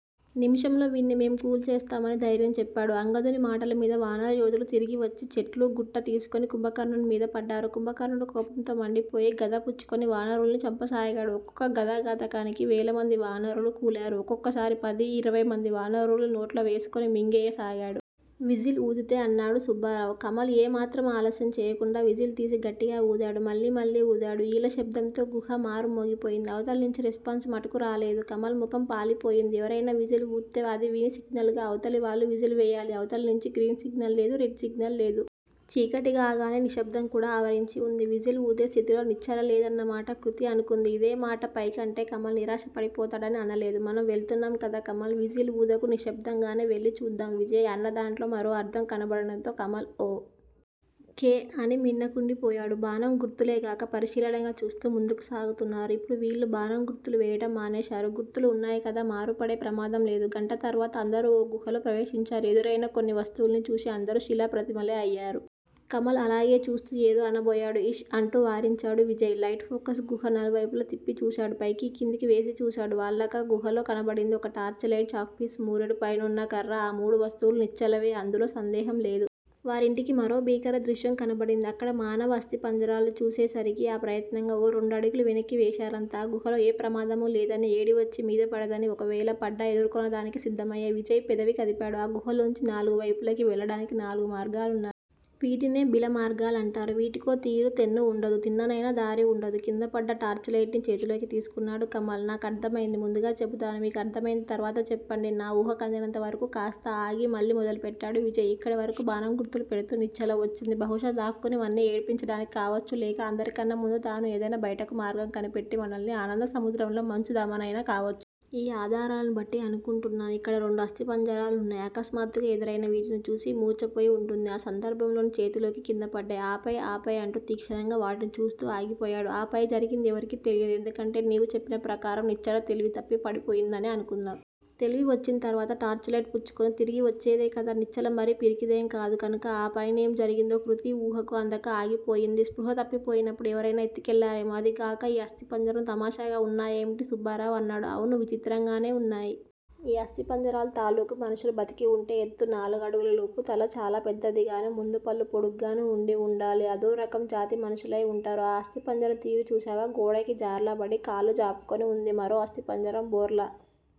నిమిషంలో వీణ్ని మేము కూల్చేస్తాము అని ధైర్యం చెప్పాడు. అంగదుని మాటలమీద వానరయోధులు తిరిగివచ్చి చెట్లూ గుట్టా తీసుకొని కుంభకర్ణుని మీద పడ్డారు. కుంభకర్ణుడు కోపంతో మండిపోయి గదపుచ్చుకొని వానరుల్ను చంపసాగాడు. ఒక్కొక్క గదఘాతానికి వేలమంది వానరులు కూలారు. ఒక్కొక్కసారి పది, ఇరవైమంది వానరుల్ను నోట్లో వేసుకుని మింగెయ్య సాగాడు. విజిల్ ఊదితే అన్నాడు సుబ్బారావు. కమల్ ఏ మాత్రం ఆలస్యం చేయకుండా విజిల్ తీసి గట్టిగా వూదాడు మళ్ళీ మళ్ళీ వూదాడు. ఈల శబ్దంతో గుహా మారు మోగిపోయింది. అవతలనుంచి రెస్పాన్స్ మటుకు రాలేదు. కమల్ ముఖం పాలిపోయింది. ఎవరైనా విజిల్ వూత్తే అదివిని సిగ్నల్ గా అవతలి వాళ్ళు విజిల్ వేయాలి అవతలి నుంచి గ్రీన్ సిగ్నల్ లేదు రెడ్ సిగ్నల్ లేదు. చీకటికాగానే నిశ్శబ్దం కూడా ఆవరించి వుంది. విజిల్ ఊదే స్థితిలో నిశ్చలలేదన్నమాట కృతి అనుకుంది. ఇదేమాట పైకి అంటే కమల్ నిరాశపడిపోతాడని అనలేదు మనం వెళుతున్నాము కదా కమల్! విజిల్ ఊదకు నిశ్శబ్దం గానే వెళ్ళి చూద్దాం విజయ్ అనదాంట్లో మరో అర్ధం కనబడటంతో కమల్ ఓ. కే. అని మిన్నకుండిపోయాడు. బాణం గుర్తులెగాక పరిశీలనగా చూస్తూ ముందుకు సాగుతున్నారు. ఇప్పుడు వీళ్ళు బాణం గుర్తులు వేయటం మానేశారు గుర్తులు వున్నాయికదా మారుపడే ప్రమాదం లేదు. గంట తర్వాత. అందరూ ఓ గుహలో ప్రవేశించారు. ఎదురైన కొన్ని వస్తువుల్ని చూసి అందరూ శిలాప్రతిమలే అయ్యారు. కమల్ అలాగే చూస్తూ ఏదో అనబోయాడు ఇష్ అంటూ వారించాడు విజయ్. లైటు ఫోకస్ గుహా నలువైపులా తిప్పి చూశాడు. పైకి కిందికి వేసి చూశాడు. వాళ్ళకా గుహలో కనబడింది. ఒక టార్చిలైటు, చాక్ పీసు మూరెడు పైనున్నకర్ర, ఆమూడు వస్తువులూ నిశ్చలవే అందులో సందేహం లేదు. వారింటికి మరో భీకర దృశ్యం కనబడింది. అక్కడ మానవ ఆస్తి పంజిరాలు చూసేసరికి ఆ ప్రయత్నంగా ఓ రెండడుగులు వెనక్కీ వేశారంతా. ఆ గుహలో ఏ ప్రమాదమూ లేదని. ఏడీవచ్చి మీద పడదని ఓవేళ పడ్డా ఎదుర్కోనాదానికి సిద్దమయ్యే విజయ్ పెదవి కదిపాడు. ఆ గుహలోంచి నాలుగువైపులకీ వెళ్ళడానికి నాలుగు మార్గాలున్నాయి. వీటినే బిలమార్గలంటారు. వీటికో తీరూ తెన్నూ ఉండదు. తిన్ననైనా దారీ వుండదు. కిందపడ్డ టార్చ్ లైటు ని చేతిలోకి తీసుకున్నాడు కమల్. నా కర్దమైంది ముందుగా చెబుతాను. మీ కర్దమైంది తర్వాత చెప్పండి. నా ఊహాకందినంతవరకూ కాస్త ఆగి మళ్ళీ మొదలు పెట్టాడు విజయ్. ఇక్కడివరకూ బాణం గుర్తులు పెడుతూ నిశ్చల వచ్చింది బహుశా దాక్కుని మన్ని ఏడిపించటానికి కావచ్చు లేక అందరికన్నా ముందు తాను ఏదైనా బయటకు మార్గం కనిపెట్టిమనల్ని ఆనందసముద్రంలో ముంచుదామనైనా కావచ్చు. ఈ ఆధారాలనుబట్టి అనుకుంటున్నాను. ఇక్కడ రెండు అస్థిపంజరాలున్నాయి. అకస్మాత్తుగా ఎదురైనా వీటిని చూసి మూర్చపోయి వుంటుంది. ఆ సందర్భం లోని చేతిలోకి కిందపడ్డాయి ఆపై ఆపై అంటూ తీక్షణంగా వాటిని చూస్తూ ఆగిపోయాడు. ఆపై జరిగింది ఎవరికీ తెలియదు. ఎందుకంటే నీవు చెప్పిన ప్రకారం నిశ్చల తెలివితప్పి పడిపోయిందనే అనుకుందాం. తెలివి వచ్చింతర్వాత టార్చ్ లైటు పుచ్చుకుని తిరిగి వచ్చేదేకదా! నిశ్చల మరీ పిరికిదేంకాదు కనుక! అపైనేం జరిగిందో కృతి ఊహకు అందక ఆగిపోయింది. స్పృహా తప్పిపోయినప్పుడు ఎవరైనా ఎత్తి కెళ్ళారేమో! అదీ గాక ఈ అస్థిపంజరం తామషాగా వున్నాయేమిటి? సుబ్బారావు అన్నాడు. అవును విచిత్రంగానే వున్నాయి. ఈ అస్థిపంజిరాలు తాలూకు మనుషులు బతికివుంటే ఎత్తు నాలుగు అడుగల లోపు. తల చాలా పెద్దదిగాను. ముందుపళ్ళు పోడుగ్గాను వుండి వుండాలి అదోరకం జాతి మనుషులై వుంటారు. ఆ అస్థిపంజిరం తీరు చూశావా? గోడకి జార్లబడి కాళ్ళు జాపుకుని వుంది. మరో అస్టిపంజరం బోర్లా